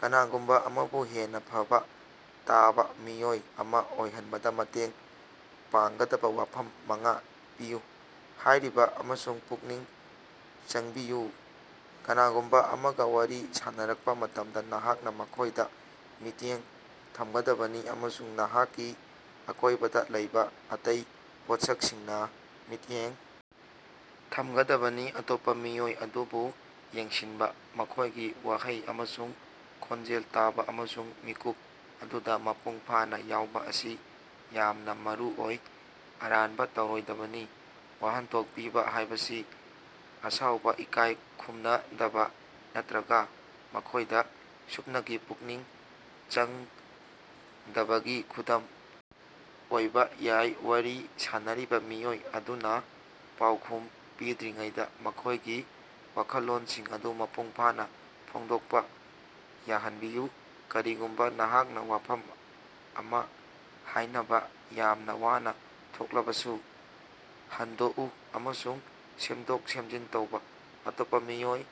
ꯀꯅꯥꯒꯨꯝꯕ ꯑꯃꯕꯨ ꯍꯦꯟꯅ ꯐꯕ ꯇꯥꯕ ꯃꯤꯑꯣꯏ ꯑꯃ ꯑꯣꯏꯍꯟꯕꯗ ꯃꯇꯦꯡ ꯄꯥꯡꯒꯗꯕ ꯋꯥꯐꯝ ꯃꯉꯥ ꯄꯤꯌꯨ꯫ ꯍꯥꯏꯔꯤꯕ ꯑꯃꯁꯨꯡ ꯄꯨꯛꯅꯤꯡ ꯆꯪꯕꯤꯌꯨ: ꯀꯅꯥꯒꯨꯝꯕ ꯑꯃꯒ ꯋꯥꯔꯤ ꯁꯥꯅꯔꯛꯄ ꯃꯇꯝꯗ, ꯅꯍꯥꯛꯅ ꯃꯈꯣꯏꯗ ꯃꯤꯠꯌꯦꯡ ꯊꯝꯒꯗꯕꯅꯤ ꯑꯃꯁꯨꯡ ꯅꯍꯥꯛꯀꯤ ꯑꯀꯣꯏꯕꯗ ꯂꯩꯕ ꯑꯇꯩ ꯄꯣꯠꯁꯛꯁꯤꯡꯅ ꯃꯤꯠꯌꯦꯡ ꯊꯝꯒꯗꯕꯅꯤ꯫ ꯑꯇꯣꯞꯄ ꯃꯤꯑꯣꯏ ꯑꯗꯨꯕꯨ ꯌꯦꯡꯁꯤꯟꯕ, ꯃꯈꯣꯏꯒꯤ ꯋꯥꯍꯩ ꯑꯃꯁꯨꯡ ꯈꯣꯟꯖꯦꯜ ꯇꯥꯕ, ꯑꯃꯁꯨꯡ ꯃꯤꯀꯨꯞ ꯑꯗꯨꯗ ꯃꯄꯨꯡ ꯐꯥꯅ ꯌꯥꯎꯕ ꯑꯁꯤ ꯌꯥꯝꯅ ꯃꯔꯨꯑꯣꯏ꯫ ꯑꯔꯥꯟꯕ ꯇꯧꯔꯣꯏꯗꯕꯅꯤ: ꯋꯥꯍꯟꯊꯣꯛ ꯄꯤꯕ ꯍꯥꯏꯕꯁꯤ ꯑꯁꯥꯎꯕ, ꯏꯀꯥꯏ ꯈꯨꯝꯅꯗꯕ ꯅꯠꯇꯔꯒ ꯃꯈꯣꯏꯗ ꯁꯨꯞꯅꯒꯤ ꯄꯨꯛꯅꯤꯡ ꯆꯪꯗꯕꯒꯤ ꯈꯨꯗꯝ ꯑꯣꯏꯕ ꯌꯥꯏ꯫ ꯋꯥꯔꯤ ꯁꯥꯟꯅꯔꯤꯕ ꯃꯤꯑꯣꯏ ꯑꯗꯨꯅ ꯄꯥꯎꯈꯨꯝ ꯄꯤꯗ꯭ꯔꯤꯉꯩꯗ ꯃꯈꯣꯏꯒꯤ ꯋꯥꯈꯜꯂꯣꯟꯁꯤꯡ ꯑꯗꯨ ꯃꯄꯨꯡ ꯐꯥꯅ ꯐꯣꯡꯗꯣꯛꯄ ꯌꯥꯍꯟꯕꯤꯌꯨ, ꯀꯔꯤꯒꯨꯝꯕ ꯅꯍꯥꯛꯅ ꯋꯥꯐꯝ ꯑꯃ ꯍꯥꯏꯅꯕ ꯌꯥꯝꯅ ꯋꯥꯅ ꯊꯣꯛꯂꯕꯁꯨ꯫ ꯍꯟꯗꯣꯛꯎ ꯑꯃꯁꯨꯡ ꯁꯦꯝꯗꯣꯛ-ꯁꯦꯝꯖꯤꯟ ꯇꯧꯕꯥ: ꯑꯇꯣꯞꯄ ꯃꯤꯑꯣꯏ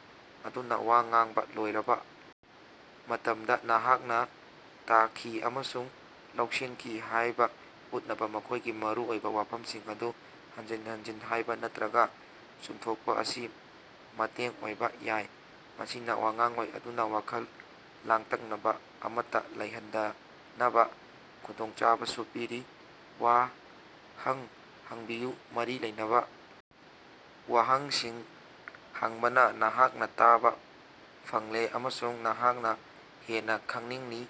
ꯑꯗꯨꯅ ꯋꯥ ꯉꯥꯡꯕ ꯂꯣꯏꯔꯕ ꯃꯇꯝꯗ, ꯅꯍꯥꯛꯅ ꯇꯥꯈꯤ ꯑꯃꯁꯨꯡ ꯂꯧꯁꯤꯟꯈꯤ ꯍꯥꯏꯕ ꯎꯠꯅꯕ ꯃꯈꯣꯏꯒꯤ ꯃꯔꯨꯑꯣꯏꯕ ꯋꯥꯐꯝꯁꯤꯡ ꯑꯗꯨ ꯍꯟꯖꯤꯟ ꯍꯟꯖꯤꯟ ꯍꯥꯏꯕ ꯅꯠꯇꯔꯒ ꯆꯨꯝꯊꯣꯛꯄ ꯑꯁꯤ ꯃꯇꯦꯡ ꯑꯣꯏꯕ ꯌꯥꯏ꯫ ꯃꯁꯤꯅ ꯋꯥꯉꯥꯡꯂꯣꯏ ꯑꯗꯨꯅ ꯋꯥꯈꯜ ꯂꯥꯡꯇꯛꯅꯕ ꯑꯃꯠꯇ ꯂꯩꯍꯟꯗꯅꯕ ꯈꯨꯗꯣꯡꯆꯥꯕꯁꯨ ꯄꯤꯔꯤ꯫ ꯋꯥꯍꯪ ꯍꯪꯕꯤꯌꯨ: ꯃꯔꯤ ꯂꯩꯅꯕ ꯋꯥꯍꯪꯁꯤꯡ ꯍꯪꯕꯅ ꯅꯍꯥꯛꯅ ꯇꯥꯕ ꯐꯪꯂꯦ ꯑꯃꯁꯨꯡ ꯅꯍꯥꯛꯅ ꯍꯦꯟꯅꯥ ꯈꯪꯅꯤꯡꯂꯤ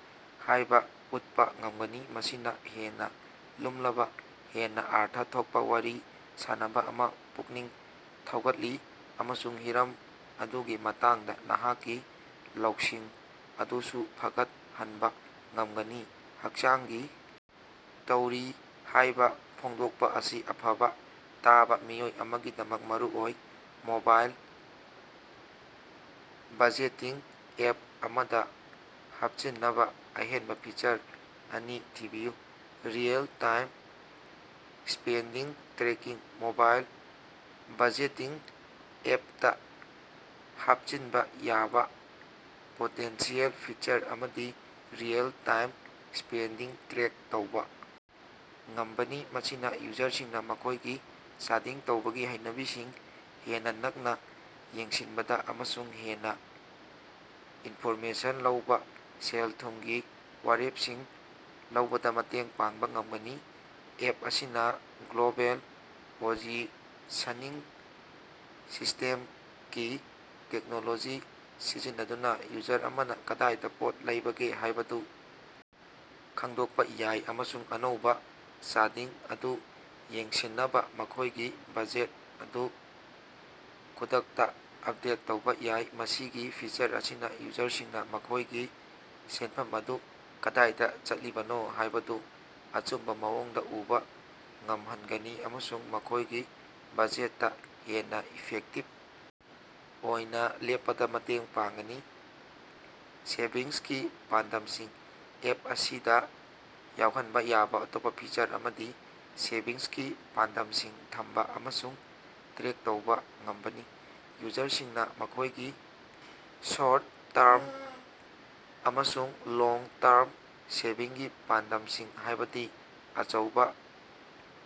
ꯍꯥꯏꯕ ꯎꯠꯄ ꯉꯝꯒꯅꯤ꯫ ꯃꯁꯤꯅ ꯍꯦꯟꯅ ꯂꯨꯝꯂꯕ, ꯍꯦꯟꯅ ꯑꯔꯊ ꯊꯣꯛꯄ ꯋꯥꯔꯤ ꯁꯥꯅꯕ ꯑꯃꯥ ꯄꯨꯛꯅꯤꯡ ꯊꯧꯒꯠꯂꯤ ꯑꯃꯁꯨꯡ ꯍꯤꯔꯝ ꯑꯗꯨꯒꯤ ꯃꯇꯥꯡꯗ ꯅꯍꯥꯛꯀꯤ ꯂꯧꯁꯤꯡ ꯑꯗꯨꯁꯨ ꯐꯒꯠꯍꯟꯕ ꯉꯝꯒꯅꯤ꯫ ꯍꯛꯆꯥꯡꯒꯤ ꯇꯧꯔꯤ ꯍꯥꯏꯕ ꯐꯣꯡꯗꯣꯛꯄ ꯑꯁꯤ ꯑꯐꯕ ꯇꯥꯕ ꯃꯤꯑꯣꯏ ꯑꯃꯒꯤꯗꯃꯛ ꯃꯔꯨꯑꯣꯏ꯫ ꯃꯣꯕꯥꯏꯜ ꯕꯖꯦꯇꯤꯡ ꯑꯦꯞ ꯑꯃꯗ ꯍꯥꯞꯆꯤꯟꯅꯕ ꯑꯍꯦꯟꯕ ꯐꯤꯆꯔ ꯑꯅꯤ ꯊꯤꯕꯤꯌꯨ꯫ Real time spending tracking: mobile budgeting ꯑꯦꯞꯇ ꯍꯥꯞꯆꯤꯟꯕ ꯌꯥꯕ ꯄꯣꯇꯦꯟꯁꯤꯌꯦꯜ ꯐꯤꯆꯔ ꯑꯃꯗꯤ ꯔꯤꯑꯦꯜ-ꯇꯥꯏꯝ ꯁ꯭ꯄꯦꯟꯗꯤꯡ ꯇ꯭ꯔꯦꯛ ꯇꯧꯕ ꯉꯝꯕꯅꯤ꯫ ꯃꯁꯤꯅ ꯌꯨꯖꯔꯁꯤꯡꯗ ꯃꯈꯣꯏꯒꯤ ꯆꯥꯗꯤꯡ ꯇꯧꯕꯒꯤ ꯍꯩꯅꯕꯤꯁꯤꯡ ꯍꯦꯟꯅ ꯅꯛꯅ ꯌꯦꯡꯁꯤꯟꯕꯗ ꯑꯃꯁꯨꯡ ꯍꯦꯟꯅ ꯏꯟꯐꯣꯔꯃꯦꯁꯟ ꯂꯧꯕ ꯁꯦꯜ-ꯊꯨꯝꯒꯤ ꯋꯥꯔꯦꯞꯁꯤꯡ ꯂꯧꯕꯗ ꯃꯇꯦꯡ ꯄꯥꯡꯕ ꯉꯝꯒꯅꯤ꯫ ꯑꯦꯞ ꯑꯁꯤꯅ ꯒ꯭ꯂ‌ꯣꯕ‌ꯦꯜ ꯄ‌ꯣꯖꯤꯁꯟꯅꯤꯡ ꯁꯤꯁꯇ‌ꯦꯝꯀꯤ ꯇꯦꯛꯅꯣꯂꯣꯖꯤ ꯁꯤꯖꯤꯟꯅꯗꯨꯅ ꯌꯨꯖꯔ ꯑꯃꯅ ꯀꯗꯥꯏꯗ ꯄꯣꯠ ꯂꯩꯕꯒꯦ ꯍꯥꯏꯕꯗꯨ ꯈꯪꯗꯣꯛꯄ ꯌꯥꯏ ꯑꯃꯁꯨꯡ ꯑꯅꯧꯕ ꯆꯥꯗꯤꯡ ꯑꯗꯨ ꯌꯦꯡꯁꯤꯟꯅꯕ ꯃꯈꯣꯏꯒꯤ ꯕꯖꯦꯠ ꯑꯗꯨ ꯈꯨꯗꯛꯇ ꯑꯞꯗꯦꯠ ꯇꯧꯕ ꯌꯥꯏ꯫ ꯃꯁꯤꯒꯤ ꯐꯤꯆꯔ ꯑꯁꯤꯅ ꯌꯨꯖꯔꯁꯤꯡꯅ ꯃꯈꯣꯏꯒꯤ ꯁꯦꯟꯐꯝ ꯑꯗꯨ ꯀꯗꯥꯏꯗ ꯆꯠꯂꯤꯕꯅꯣ ꯍꯥꯏꯕꯗꯨ ꯑꯆꯨꯝꯕ ꯃꯑꯣꯡꯗ ꯎꯕ ꯉꯝꯍꯟꯒꯅꯤ ꯑꯃꯁꯨꯡ ꯃꯈꯣꯏꯒꯤ ꯕꯖꯦꯠꯇ ꯍꯦꯟꯅ ꯏꯐꯦꯛꯇꯤꯕ ꯑꯣꯏꯅ ꯂꯦꯞꯄꯗ ꯃꯇꯦꯡ ꯄꯥꯡꯒꯅꯤ꯫ ꯁꯦꯚꯤꯡꯁꯀꯤ ꯄꯥꯟꯗꯝꯁꯤꯡ: ꯑꯦꯞ ꯑꯁꯤꯗ ꯌꯥꯎꯍꯟꯕ ꯌꯥꯕ ꯑꯇꯣꯞꯄ ꯐꯤꯆꯔ ꯑꯃꯗꯤ ꯁꯦꯚꯤꯡꯁꯀꯤ ꯄꯥꯟꯗꯝꯁꯤꯡ ꯊꯝꯕ ꯑꯃꯁꯨꯡ ꯇ꯭ꯔꯦꯛ ꯇꯧꯕ ꯉꯝꯕꯅꯤ꯫ ꯌꯨꯖꯔꯁꯤꯡꯅ ꯃꯈꯣꯏꯒꯤ ꯁꯣꯔꯠ-ꯇꯔꯝ ꯑꯃꯁꯨꯡ ꯂꯣꯡ-ꯇꯔꯝ ꯁꯦꯚꯤꯡꯒꯤ ꯄꯥꯟꯗꯝꯁꯤꯡ, ꯍꯥꯏꯕꯗꯤ ꯑꯆꯧꯕ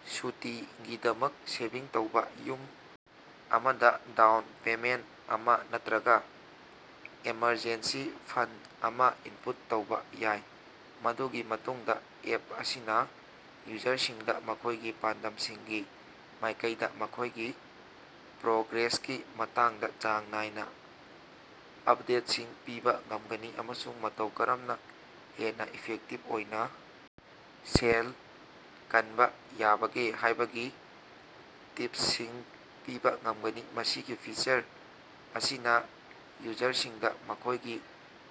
ꯁꯨꯇꯤꯒꯤꯗꯃꯛ ꯁꯦꯚꯤꯡ ꯇꯧꯕ, ꯌꯨꯝ ꯑꯃꯗ ꯗꯥꯎꯟ ꯄꯦꯃꯦꯟꯠ ꯑꯃꯥ ꯅꯠꯇꯔꯒ ꯑꯦꯃꯔꯖꯦꯟꯁꯤ ꯐꯟꯗ ꯑꯃ ꯏꯟꯄꯨꯠ ꯇꯧꯕ ꯌꯥꯏ꯫ ꯃꯗꯨꯒꯤ ꯃꯇꯨꯡꯗ ꯑꯦꯞ ꯑꯁꯤꯅ ꯌꯨꯖꯔꯁꯤꯡꯗ ꯃꯈꯣꯏꯒꯤ ꯄꯥꯟꯗꯝꯁꯤꯡꯒꯤ ꯃꯥꯏꯀꯩꯗ ꯃꯈꯣꯏꯒꯤ ꯄ꯭ꯔꯣꯒ꯭ꯔꯦꯁꯀꯤ ꯃꯇꯥꯡꯗ ꯆꯥꯡ ꯅꯥꯏꯅ ꯑꯞꯗꯦꯠꯁꯤꯡ ꯄꯤꯕ ꯉꯝꯒꯅꯤ ꯑꯃꯁꯨꯡ ꯃꯇꯧ ꯀꯔꯝꯅ ꯍꯦꯟꯅ ꯏꯐꯦꯛꯇꯤꯕ ꯑꯣꯏꯅ ꯁꯦꯜ ꯀꯟꯕ ꯌꯥꯕꯒꯦ ꯍꯥꯏꯕꯒꯤ ꯇꯤꯞꯁꯁꯤꯡ ꯄꯤꯕ ꯉꯝꯒꯅꯤ꯫ ꯃꯁꯤꯒꯤ ꯐꯤꯆꯔ ꯑꯁꯤꯅ ꯌꯨꯖꯔꯁꯤꯡꯗ ꯃꯈꯣꯏꯒꯤ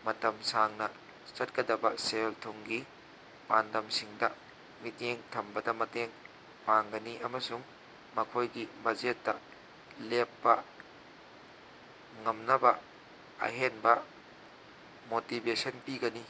ꯃꯇꯝ ꯁꯥꯡꯅ ꯆꯠꯀꯗꯕ ꯁꯦꯜ-ꯊꯨꯝꯒꯤ ꯄꯥꯟꯗꯝꯁꯤꯡꯗ ꯃꯤꯠꯌꯦꯡ ꯊꯝꯕꯗ ꯃꯇꯦꯡ ꯄꯥꯡꯒꯅꯤ ꯑꯃꯁꯨꯡ ꯃꯈꯣꯏꯒꯤ ꯕꯖꯦꯠꯇ ꯂꯦꯞꯄ ꯉꯝꯅꯕ ꯑꯍꯦꯟꯕ ꯃꯣꯇꯤꯕꯦꯁꯟ ꯄꯤꯒꯅꯤ꯫